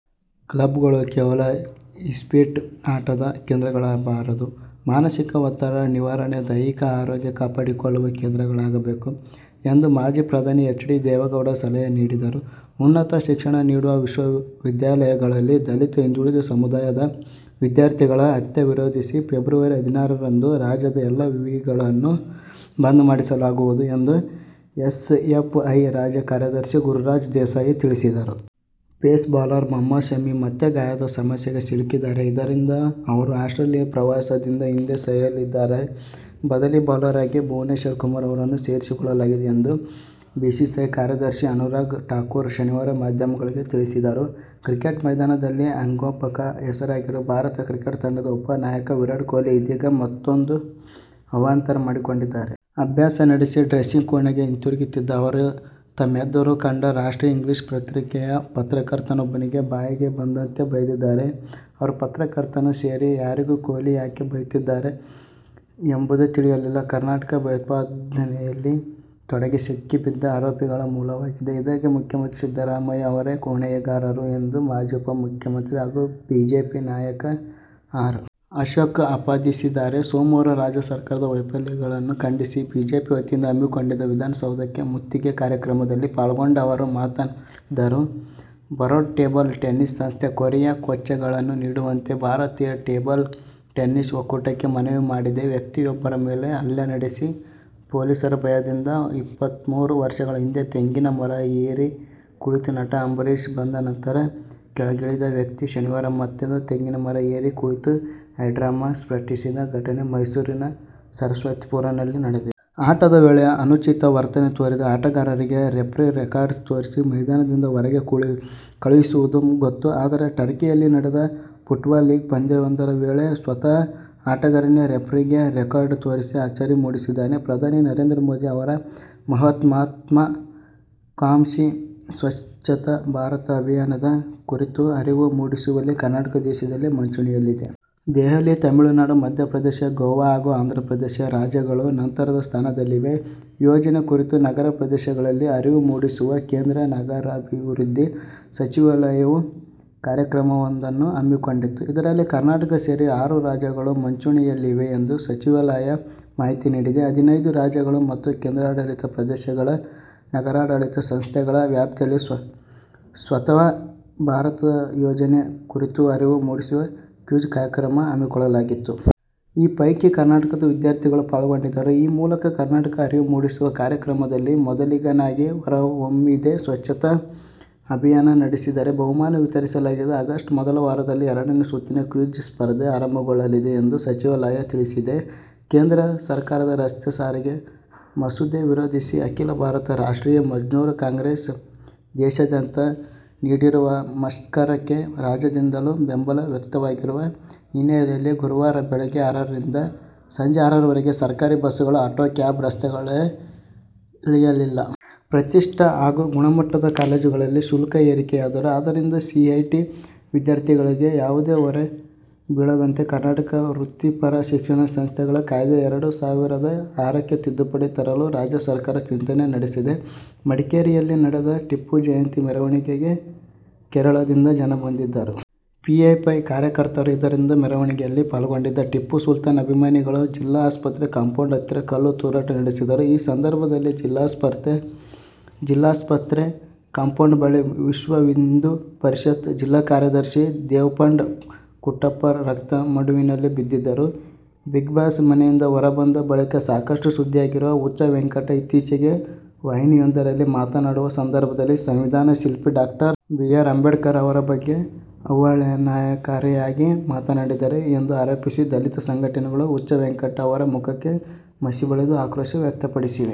ಕ್ಲಬ್ಗಳು ಕೇವಲ ಇಸ್ಪೀಟ್ ಆಟದ ಕೇಂದ್ರಗಳಾಗಬಾರದು. ಮಾನಸಿಕ ಒತ್ತಡ ನಿವಾರಣೆ, ದೈಹಿಕ ಆರೋಗ್ಯ ಕಾಪಾಡಿಕೊಳ್ಳುವ ಕೇಂದ್ರಗಳಾಗಬೇಕು ಎಂದು ಮಾಜಿ ಪ್ರಧಾನಿ ಎಚ್. ಡಿ. ದೇವೇಗೌಡ ಸಲಹೆ ನೀಡಿದರು. ಉನ್ನತ ಶಿಕ್ಷಣ ನೀಡುವ ವಿಶ್ವ ವಿದ್ಯಾಲಯಗಳಲ್ಲಿ ದಲಿತ, ಹಿಂದುಳಿದ ಸಮುದಾಯದ ವಿದ್ಯಾರ್ಥಿಗಳ ಹತ್ಯೆ ವಿರೋಧಿಸಿ ಫೆಬ್ರವರಿ ಹದಿನಾರರಂದು ರಾಜ್ಯದ ಎಲ್ಲಾ ವಿವಿಗಳನ್ನು ಬಂದ್ ಮಾಡಿಸಲಾಗುವುದು ಎಂದು ಎಸ್ಎಫ್ಐ ರಾಜ್ಯ ಕಾರ್ಯದರ್ಶಿ ಗುರುರಾಜ್ ದೇಸಾಯಿ ತಿಳಿಸಿದರು. ಪೇಸ್ ಬೌಲರ್ ಮೊಹಮ್ಮದ್ ಶಮಿ ಮತ್ತೆ ಗಾಯದ ಸಮಸ್ಯೆಗೆ ಸಿಲುಕಿದ್ದಾರೆ. ಇದರಿಂದ ಅವರು ಆಸ್ಟ್ರೇಲಿಯ ಪ್ರವಾಸದಿಂದ ಹಿಂದೆ ಸರಿಯಲಿದ್ದಾರೆ. ಬದಲಿ ಬೌಲರ್ ಆಗಿ ಭುವನೇಶ್ವರ್ ಕುಮಾರ್ ಅವರನ್ನು ಸೇರಿಸಿಕೊಳ್ಳಲಾಗಿದೆ ಎಂದು ಬಿಸಿಸಿಐ ಕಾರ್ಯದರ್ಶಿ ಅನುರಾಗ್ ಠಾಕೂರ್ ಶನಿವಾರ ಮಾಧ್ಯಮಗಳಿಗೆ ತಿಳಿಸಿದರು. ಕ್ರಿಕೆಟ್ ಮೈದಾನದಲ್ಲಿ ಮುಂಗೋಪಕ್ಕೆ ಹೆಸರಾಗಿರುವ ಭಾರತ ಕ್ರಿಕೆಟ್ ತಂಡದ ಉಪ ನಾಯಕ ವಿರಾಟ್ ಕೊಹ್ಲಿ ಇದೀಗ ಮತ್ತೂಂದು ಅವಾಂತರ ಮಾಡಿಕೊಂಡಿದ್ದಾರೆ. ಅಭ್ಯಾಸ ನಡೆಸಿ ಡ್ರೆಸ್ಸಿಂಗ್ ಕೋಣೆಗೆ ಹಿಂತಿರುಗುತ್ತಿದ್ದ ಅವರು, ತಮ್ಮೆದುರು ಕಂಡ ರಾಷ್ಟ್ರೀಯ ಇಂಗ್ಲಿಷ್ ಪತ್ರಿಕೆಯ ಪತ್ರಕರ್ತನೊಬ್ಬನಿಗೆ ಬಾಯಿಗೆ ಬಂದಂತೆ ಬೈದಿದ್ದಾರೆ. ಆದರೆ ಪತ್ರಕರ್ತನೂ ಸೇರಿ ಯಾರಿಗೂ ಕೊಹ್ಲಿ ಯಾಕೆ ಬೈಯುತ್ತಿದ್ದಾರೆ ಎಂಬುದೇ ತಿಳಿಯಲಿಲ್ಲ ಕರ್ನಾಟಕ ಭಯೋತ್ಪಾದನೆಯಲ್ಲಿ ತೊಡಗಿ ಸಿಕ್ಕಿಬಿದ್ದ ಆರೋಪಿಗಳ ಮೂಲವಾಗಿದೆ. ಇದಕ್ಕೆ ಮುಖ್ಯಮಂತ್ರಿ ಸಿದ್ದರಾಮಯ್ಯ ಅವರೇ ಹೊಣೆಗಾರರು ಎಂದು ಮಾಜಿ ಉಪಮುಖ್ಯಮಂತ್ರಿ ಹಾಗೂ ಬಿಜೆಪಿ ನಾಯಕ ಆರ್. ಅಶೋಕ್ ಆಪಾದಿಸಿದ್ದಾರೆ. ಸೋಮವಾರ ರಾಜ್ಯ ಸರ್ಕಾರದ ವೈಫಲ್ಯಗಳನ್ನು ಖಂಡಿಸಿ ಬಿಜೆಪಿ ವತಿಯಿಂದ ಹಮ್ಮಿಕೊಂಡಿದ್ದ ವಿಧಾನಸೌಧಕ್ಕೆ ಮುತ್ತಿಗೆ ಕಾರ್ಯಕ್ರಮದಲ್ಲಿ ಪಾಲ್ಗೊಂಡು ಅವರು ಮಾತನಾಡಿದರು. ಬರೋಡ ಟೇಬಲ್ ಟೆನ್ನಿಸ್ ಸಂಸ್ಥೆ ಕೊರಿಯಾ ಕೋಚ್ಗಳನ್ನು ನೀಡುವಂತೆ ಭಾರತೀಯ ಟೇಬಲ್ ಟೆನ್ನಿಸ್ ಒಕ್ಕೂಟಕ್ಕೆ ಮನವಿ ಮಾಡಿದೆ. ವ್ಯಕ್ತಿಯೊಬ್ಬರ ಮೇಲೆ ಹಲ್ಲೆ ನಡೆಸಿ ಪೊಲೀಸರ ಭಯದಿಂದ ಇಪ್ಪತ್ಮೂರು ವರ್ಷಗಳ ಹಿಂದೆ ತೆಂಗಿನ ಮರ ಏರಿ ಕುಳಿತು ನಟ ಅಂಬರೀಶ್ ಬಂದ ನಂತರ ಕೆಳಗಿಳಿದಿದ್ದ ವ್ಯಕ್ತಿ, ಶನಿವಾರ ಮತ್ತದೇ ತೆಂಗಿನ ಮರ ಏರಿ ಕುಳಿತು ಹೈಡ್ರಾಮಾ ಸೃಷ್ಟಿಸಿದ ಘಟನೆ ಮೈಸೂರಿನ ಸರಸ್ವತಿಪುರಂನಲ್ಲಿ ನಡೆದಿದೆ. ಆಟದ ವೇಳೆ ಅನುಚಿತ ವರ್ತನೆ ತೋರಿದ ಆಟಗಾರರಿಗೆ ರೆಫ್ರಿ ರೆಡ್ಕಾರ್ಡ್ ತೋರಿಸಿ, ಮೈದಾನದಿಂದ ಹೊರಗೆ ಕಳುಹಿಸುವುದು ಗೊತ್ತು. ಅದರೆ ಟರ್ಕಿಯಲ್ಲಿ ನಡೆದ ಫುಟ್ಬಾಲ್ ಲೀಗ್ ಪಂದ್ಯವೊಂದರ ವೇಳೆ ಸ್ವತಃ ಆಟಗಾರನೇ ರೆಫ್ರಿಗೆ ರೆಡ್ಕಾರ್ಡ್ ತೋರಿಸಿ ಅಚ್ಚರಿ ಮೂಡಿಸಿದ್ದಾನೆ. ಪ್ರಧಾನಿ ನರೇಂದ್ರ ಮೋದಿ ಅವರ ಮಹತ್ವಾಕಾಂಕ್ಷಿ ಸ್ವತ್ಛ ಭಾರತ ಅಭಿಯಾನದ ಕುರಿತು ಅರಿವು ಮೂಡಿಸುವಲ್ಲಿ ಕರ್ನಾಟಕ ದೇಶದಲ್ಲೇ ಮುಂಚೂಣಿಯಲ್ಲಿದೆ. ದೆಹಲಿ, ತಮಿಳುನಾಡು, ಮಧ್ಯಪ್ರದೇಶ, ಗೋವಾ ಹಾಗೂ ಆಂಧ್ರಪ್ರದೇಶ ರಾಜ್ಯಗಳು ನಂತರದ ಸ್ಥಾನದಲ್ಲಿವೆ. ಯೋಜನೆ ಕುರಿತು ನಗರ ಪ್ರದೇಶಗಳಲ್ಲಿ ಅರಿವು ಮೂಡಿಸುವ ಕೇಂದ್ರ ನಗರಾಭಿವೃದ್ಧಿ ಸಚಿವಾಲಯವು ಕಾರ್ಯಕ್ರಮವೊಂದನ್ನು ಹಮ್ಮಿಕೊಂಡಿತ್ತು. ಇದರಲ್ಲಿ ಕರ್ನಾಟಕ ಸೇರಿ ಆರು ರಾಜ್ಯಗಳು ಮುಂಚೂಣಿಯಲ್ಲಿವೆ ಎಂದು ಸಚಿವಾಲಯ ಮಾಹಿತಿ ನೀಡಿದೆ. ಹದಿನೈದು ರಾಜ್ಯಗಳು ಮತ್ತು ಕೇಂದ್ರಾಡಳಿತ ಪ್ರದೇಶಗಳ ನಗರಾಡಳಿತ ಸಂಸ್ಥೆಗಳ ವ್ಯಾಪ್ತಿಯಲ್ಲಿ ಸ್ವತ್ಛ ಭಾರತ ಯೋಜನೆ ಕುರಿತು ಅರಿವು ಮೂಡಿಸುವ ಕ್ವಿಜ್ ಕಾರ್ಯಕ್ರಮ ಹಮ್ಮಿಕೊಳ್ಳಲಾಗಿತ್ತು. ಈ ಪೈಕಿ ಕರ್ನಾಟಕದ ವಿದ್ಯಾರ್ಥಿಗಳು ಪಾಲ್ಗೊಂಡಿದ್ದರು. ಈ ಮೂಲಕ ಕರ್ನಾಟಕ ಅರಿವು ಮೂಡಿಸುವ ಕಾರ್ಯಕ್ರಮದಲ್ಲಿ ಮೊದಲಿಗನಾಗಿ ಹೊರಹೊಮ್ಮಿದೆ. ಸ್ವಚ್ಛತಾ ಅಭಿಯಾನ ನಡೆಸಿದ್ದಾರೆ. ಬಹುಮಾನ ವಿತರಿಸಲಾಗಿದೆ. ಆಗಸ್ಟ್ ಮೊದಲ ವಾರದಲ್ಲಿ ಎರಡನೇ ಸುತ್ತಿನ ಕ್ವಿಜ್ ಸ್ಪರ್ಧೆ ಆರಂಭಗೊಳ್ಳಲಿದೆ ಎಂದು ಸಚಿವಾಲಯ ತಿಳಿಸಿದೆ. ಕೇಂದ್ರ ಸರ್ಕಾರದ ರಸ್ತೆ ಸಾರಿಗೆ ಮಸೂದೆ ವಿರೋಧಿಸಿ ಅಖಿಲ ಭಾರತ ರಾಷ್ಟ್ರೀಯ ಮಜ್ದೂರ್ ಕಾಂಗ್ರೆಸ್ ದೇಶಾದ್ಯಂತ ನೀಡಿರುವ ಮುಷ್ಕರಕ್ಕೆ ರಾಜ್ಯದಿಂದಲೂ ಬೆಂಬಲ ವ್ಯಕ್ತವಾಗಿರುವ ಹಿನ್ನೆಲೆಯಲ್ಲಿ ಗುರುವಾರ ಬೆಳಗ್ಗೆ ಆರರಿಂದ ಸಂಜೆ ಆರರವರೆಗೆ ಸರ್ಕಾರಿ ಬಸ್ ಗಳು, ಆಟೋ, ಕ್ಯಾಬ್ ರಸ್ತೆಗೆ ಇಳಿಯಲ್ಲ. ಪ್ರತಿಷ್ಠಿತ ಹಾಗೂ ಗುಣಮಟ್ಟದ ಕಾಲೇಜುಗಳಲ್ಲಿ ಶುಲ್ಕ ಏರಿಕೆಯಾದರೂ ಅದರಿಂದ ಸಿಇಟಿ ವಿದ್ಯಾರ್ಥಿಗಳಿಗೆ ಯಾವುದೇ ಹೊರೆ ಬೀಳದಂತೆ ಕರ್ನಾಟಕ ವೃತ್ತಿಪರ ಶಿಕ್ಷಣ ಸಂಸ್ಥೆಗಳ ಕಾಯ್ದೆ ಎರಡು ಸಾವಿರದ ಆರಕ್ಕೆ ತಿದ್ದುಪಡಿ ತರಲು ರಾಜ್ಯ ಸರ್ಕಾರ ಚಿಂತನೆ ನಡೆಸಿದೆ. ಮಡಿಕೇರಿಯಲ್ಲಿ ನಡೆದ ಟಿಪ್ಪು ಜಯಂತಿ ಮೆರವಣಿಗೆಗೆ ಕೇರಳದಿಂದ ಜನ ಬಂದಿದ್ದರು. ಪಿಎಫ್ಐ ಕಾರ್ಯಕರ್ತರೂ ಇದ್ದರು. ಮೆರವಣಿಗೆಯಲ್ಲಿ ಪಾಲ್ಗೊಂಡಿದ್ದ ಟಿಪ್ಪು ಸುಲ್ತಾನ್ ಅಭಿಮಾನಿಗಳು ಜಿಲ್ಲಾ ಆಸ್ಪತ್ರೆ ಕಾಂಪೌಂಡ್ ಹತ್ತಿರ ಕಲ್ಲು ತೂರಾಟ ನಡೆಸಿದ್ದರು. ಈ ಸಂದರ್ಭದಲ್ಲಿ ಜಿಲ್ಲಾಸ್ಪತ್ರೆ ಕಾಂಪೌಂಡ್ ಬಳಿ ವಿಶ್ವ ಹಿಂದೂ ಪರಿಷತ್ ಜಿಲ್ಲಾ ಕಾರ್ಯದರ್ಶಿ ದೇವಪಂಡ ಕುಟ್ಟಪ್ಪ ರಕ್ತ ಮಡುವಿನಲ್ಲಿ ಬಿದ್ದಿದ್ದರು'. ಬಿಗ್ಬಾಸ್ ಮನೆಯಿಂದ ಹೊರಬಂದ ಬಳಿಕ ಸಾಕಷ್ಟು ಸುದ್ದಿಯಾಗಿರುವ ಹುಚ್ಚವೆಂಕಟ್, ಇತ್ತೀಚೆಗೆ ವಾಹಿನಿಯೊಂದರಲ್ಲಿ ಮಾತನಾಡುವ ಸಂದರ್ಭದಲ್ಲಿ ಸಂವಿಧಾನ ಶಿಲ್ಪಿ ಡಾ. ಬಿ. ಆರ್. ಅಂಬೇಡ್ಕರ್ ಅವರ ಬಗ್ಗೆ ಅವಹೇಳನಕಾರಿಯಾಗಿ ಮಾತನಾಡಿದ್ದಾರೆ ಎಂದು ಆರೋಪಿಸಿ, ದಲಿತ ಸಂಘಟನೆಗಳು ಹುಚ್ಚವೆಂಕಟ್ ಅವರ ಮುಖಕ್ಕೆ ಮಸಿಬಳಿದು ಆಕ್ರೋಶ ವ್ಯಕ್ತಪಡಿಸಿವೆ.